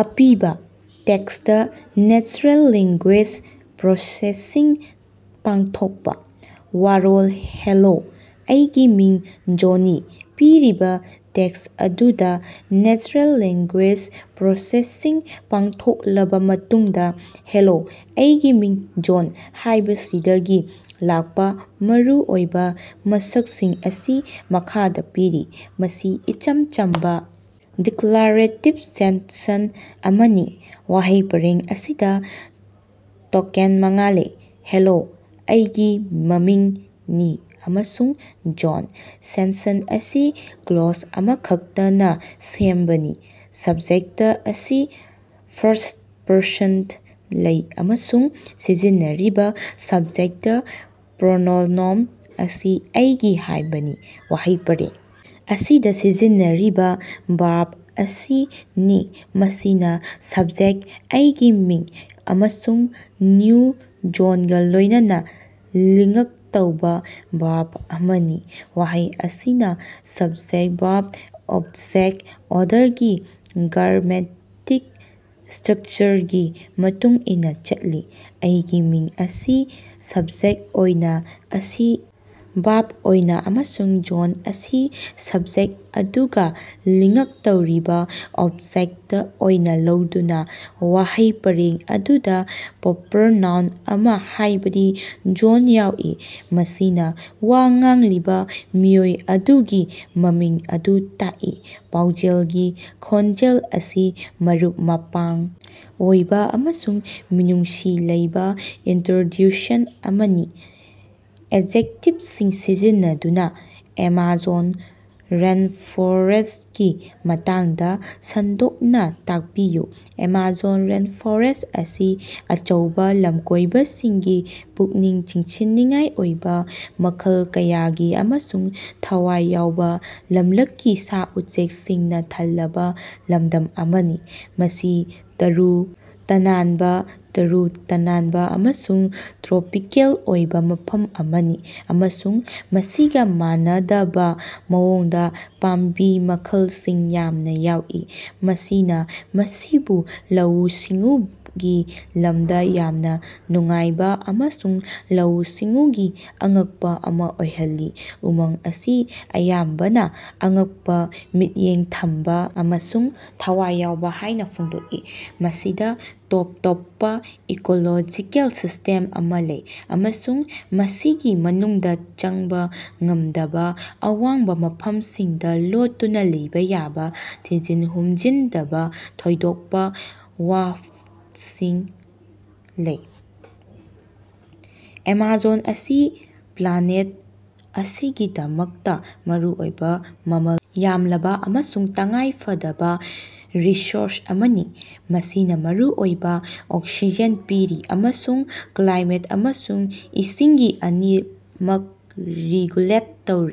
ꯑꯄꯤꯕ: text natural language processing ꯄꯥꯡꯊꯣꯛꯄ꯫ ꯋꯥꯔꯣꯜ: ꯍꯦꯜꯂꯣ, ꯑꯩꯒꯤ ꯃꯤꯡ ꯖꯣꯟꯅꯤ꯫ ꯄꯤꯔꯤꯕ ꯇꯦꯛꯁ ꯑꯗꯨꯗ ꯅꯦꯆꯔꯦꯜ ꯂꯦꯉ꯭ꯒꯨꯌꯦꯖ ꯄ꯭ꯔꯣꯁꯦꯁꯤꯡ ꯄꯥꯡꯊꯣꯛꯂꯕ ꯃꯇꯨꯡꯗ, "ꯍꯦꯂꯣ, ꯑꯩꯒꯤ ꯃꯤꯡ ꯖꯣꯟ" ꯍꯥꯏꯕꯁꯤꯗꯒꯤ ꯂꯥꯛꯄ ꯃꯔꯨꯑꯣꯏꯕ ꯃꯁꯛꯁꯤꯡ ꯑꯁꯤ ꯃꯈꯥꯗ ꯄꯤꯔꯤ: ꯃꯁꯤ ꯏꯆꯝ ꯆꯝꯕ ꯗꯤꯛꯂꯥꯔꯦꯇꯤꯕ ꯁꯦꯟꯁꯟ ꯑꯃꯅꯤ꯫ ꯋꯥꯍꯩ ꯄꯔꯦꯡ ꯑꯁꯤꯗ ꯇꯣꯀꯦꯟ ꯃꯉꯥ ꯂꯩ: "ꯍꯦꯂꯣ", "ꯑꯩꯒꯤ", "ꯃꯃꯤꯡ", "ꯅꯤ", ꯑꯃꯁꯨꯡ "ꯖꯣꯟ" ꯁꯦꯟꯁꯟ ꯑꯁꯤ ꯀ꯭ꯂꯣꯖ ꯑꯃꯈꯛꯇꯅ ꯁꯦꯝꯕꯅꯤ꯫ ꯁꯕꯖꯦꯛꯇ ꯑꯁꯤ ꯐꯥꯔꯁ꯭ꯠ-ꯄꯔꯁꯟꯗ ꯂꯩ ꯑꯃꯁꯨꯡ ꯁꯤꯖꯤꯟꯅꯔꯤꯕ ꯁꯕꯖꯦꯛꯇ ꯄ꯭ꯔꯣꯅꯣꯅꯣꯝ ꯑꯁꯤ "ꯑꯩꯒꯤ" ꯍꯥꯏꯕꯅꯤ꯫ ꯋꯥꯍꯩ ꯄꯔꯦꯡ ꯑꯁꯤꯗ ꯁꯤꯖꯤꯟꯅꯔꯤꯕ ꯚꯥ꯭ꯔꯕ ꯑꯁꯤ "ꯅꯤ", ꯃꯁꯤꯅ ꯁꯕ꯭ꯖꯦꯛ "ꯑꯩꯒꯤ ꯃꯤꯡ" ꯑꯃꯁꯨꯡ ꯅ꯭ꯌꯨ "ꯖꯣꯟ"ꯒ ꯂꯣꯏꯅꯅ ꯂꯤꯉ꯭ꯛ ꯇꯧꯕ ꯚꯥꯔꯕ ꯑꯃꯅꯤ ꯋꯥꯍꯩ ꯑꯁꯤꯅ ꯁꯕꯖꯦꯛ -ꯚꯥꯔꯕ-ꯑꯣꯕꯖꯦꯛ ꯑꯣꯔꯗꯔꯒꯤ ꯒꯥꯔꯃꯦꯇꯤꯛ ꯁ꯭ꯇꯔꯛꯆꯔꯒꯤ ꯃꯇꯨꯡ ꯏꯟꯅ ꯆꯠꯂꯤ꯫ "ꯑꯩꯒꯤ ꯃꯤꯡ" ꯑꯁꯤ ꯁꯕꯖꯦꯛ ꯑꯣꯏꯅ ꯑꯁꯤ ꯚꯥꯔꯕ ꯑꯣꯏꯅ, ꯑꯃꯁꯨꯡ "ꯖꯣꯟ" ꯑꯁꯤ ꯁꯕꯖꯦꯛ ꯑꯗꯨꯒ ꯂꯤꯉ꯭ꯛ ꯇꯧꯔꯤꯕ ꯑꯣꯕꯖꯦꯛꯇ ꯑꯣꯏꯅ ꯂꯧꯗꯨꯅ꯫ ꯋꯥꯍꯩ ꯄꯔꯦꯡ ꯑꯗꯨꯗ ꯄ꯭ꯔꯣꯄꯔ ꯅꯥꯎꯟ ꯑꯃ ꯍꯥꯏꯕꯗꯤ "ꯖꯣꯟ" ꯌꯥꯎꯏ꯫ ꯃꯁꯤꯅ ꯋꯥ ꯉꯥꯡꯂꯤꯕ ꯃꯤꯑꯣꯏ ꯑꯗꯨꯒꯤ ꯃꯃꯤꯡ ꯑꯗꯨ ꯇꯥꯛꯏ꯫ ꯄꯥꯎꯖꯦꯜꯒꯤ ꯈꯣꯟꯖꯦꯜ ꯑꯁꯤ ꯃꯔꯨꯞ-ꯃꯄꯥꯡ ꯑꯣꯏꯕ ꯑꯃꯁꯨꯡ ꯃꯤꯅꯨꯡꯁꯤ ꯂꯩꯕ ꯏꯟꯇ꯭ꯔꯣꯗ꯭ꯌꯨꯁꯟ ꯑꯃꯅꯤ꯫ ꯑꯦꯖꯦꯛꯇꯤꯚꯁꯤꯡ ꯁꯤꯖꯤꯟꯅꯗꯨꯅꯥ ꯑꯦꯃꯥꯖꯣꯟ ꯔꯦꯟꯐꯣꯔꯦꯁ꯭ꯠꯀꯤ ꯃꯇꯥꯡꯗ ꯁꯟꯗꯣꯛꯅ ꯇꯥꯛꯄꯤꯌꯨ꯫ ꯑꯦꯃꯥꯖꯣꯟ ꯔꯦꯟꯐ꯭ꯣꯔꯦꯁ꯭ꯠ ꯑꯁꯤ ꯑꯆꯧꯕ ꯂꯝꯀꯣꯏꯕꯁꯤꯡꯒꯤ ꯄꯨꯛꯅꯤꯡ ꯆꯤꯡꯁꯤꯟꯅꯤꯡꯉꯥꯏ ꯑꯣꯏꯕ ꯃꯈꯜ ꯀꯌꯥꯒꯤ ꯑꯃꯁꯨꯡ ꯊꯋꯥꯏ ꯌꯥꯎꯕ ꯂꯝꯂꯛꯀꯤ ꯁꯥ-ꯎꯆꯦꯛꯁꯤꯡꯅ ꯊꯜꯂꯕ ꯂꯝꯗꯝ ꯑꯃꯅꯤ꯫ ꯃꯁꯤ ꯇꯔꯨ ꯇꯅꯥꯟꯕ, ꯇꯔꯨ ꯇꯅꯥꯟꯕ ꯑꯃꯁꯨꯡ ꯇ꯭ꯔꯣꯄꯤꯀꯦꯜ ꯑꯣꯏꯕ ꯃꯐꯝ ꯑꯃꯅꯤ ꯑꯃꯁꯨꯡ ꯃꯁꯤꯒ ꯃꯥꯟꯅꯗꯕ ꯃꯑꯣꯡꯗ ꯄꯥꯝꯕꯤ ꯃꯈꯜꯁꯤꯡ ꯌꯥꯝꯅ ꯌꯥꯎꯏ꯫ ꯃꯁꯤꯅ ꯃꯁꯤꯕꯨ ꯂꯧꯎ-ꯁꯤꯡꯎꯒꯤ ꯂꯝꯗ ꯌꯥꯝꯅ ꯅꯨꯡꯉꯥꯏꯕ ꯑꯃꯁꯨꯡ ꯂꯧꯎ-ꯁꯤꯡꯎꯒꯤ ꯑꯉꯛꯄ ꯑꯃ ꯑꯣꯏꯍꯜꯂꯤ꯫ ꯎꯃꯪ ꯑꯁꯤ ꯑꯌꯥꯝꯕꯅ ꯑꯉꯛꯄ, ꯃꯤꯠꯌꯦꯡ ꯊꯝꯕ ꯑꯃꯁꯨꯡ ꯊꯋꯥꯏ ꯌꯥꯎꯕ ꯍꯥꯏꯅ ꯐꯣꯡꯗꯣꯛꯏ꯫ ꯃꯁꯤꯗ ꯇꯣꯞ ꯇꯣꯞꯄ ꯏꯀꯣꯂꯣꯖꯤꯀꯦꯜ ꯁꯤꯁ꯭ꯇꯦꯝ ꯑꯃꯥ ꯂꯩ꯫ ꯑꯃꯁꯨꯡ ꯃꯁꯤꯒꯤ ꯃꯅꯨꯡꯗ ꯆꯪꯕ ꯉꯝꯗꯕ ꯑꯋꯥꯡꯕ ꯃꯐꯝꯁꯤꯡꯗ ꯂꯣꯠꯇꯨꯅ ꯂꯩꯕ ꯌꯥꯕ ꯊꯤꯖꯤꯟ ꯍꯨꯝꯖꯤꯟꯗꯕ ꯊꯣꯏꯗꯣꯛꯄ ꯋꯥꯐꯞꯁꯤꯡ ꯂꯩ꯫ ꯑꯦꯃꯥꯖꯣꯟ ꯑꯁꯤ ꯄ꯭ꯂꯥꯅꯦꯠ ꯑꯁꯤꯒꯤꯗꯃꯛꯇ ꯃꯔꯨꯑꯣꯏꯕ ꯃꯃꯜ ꯌꯥꯝꯂꯕ ꯑꯃꯁꯨꯡ ꯇꯉꯥꯏ ꯐꯗꯕ ꯔꯤꯁꯣꯔꯁ ꯑꯃꯅꯤ꯫ ꯃꯁꯤꯅ ꯃꯔꯨꯑꯣꯏꯕ ꯑꯣꯛꯁꯤꯖꯦꯟ ꯄꯤꯔꯤ꯫ ꯑꯃꯁꯨꯡ ꯀ꯭ꯂꯥꯏꯃꯦꯠ ꯑꯃꯁꯨꯡ ꯏꯁꯤꯡꯒꯤ ꯑꯅꯤꯃꯛ ꯔꯤꯒꯨꯂꯦꯠ ꯇꯧꯔꯤ꯫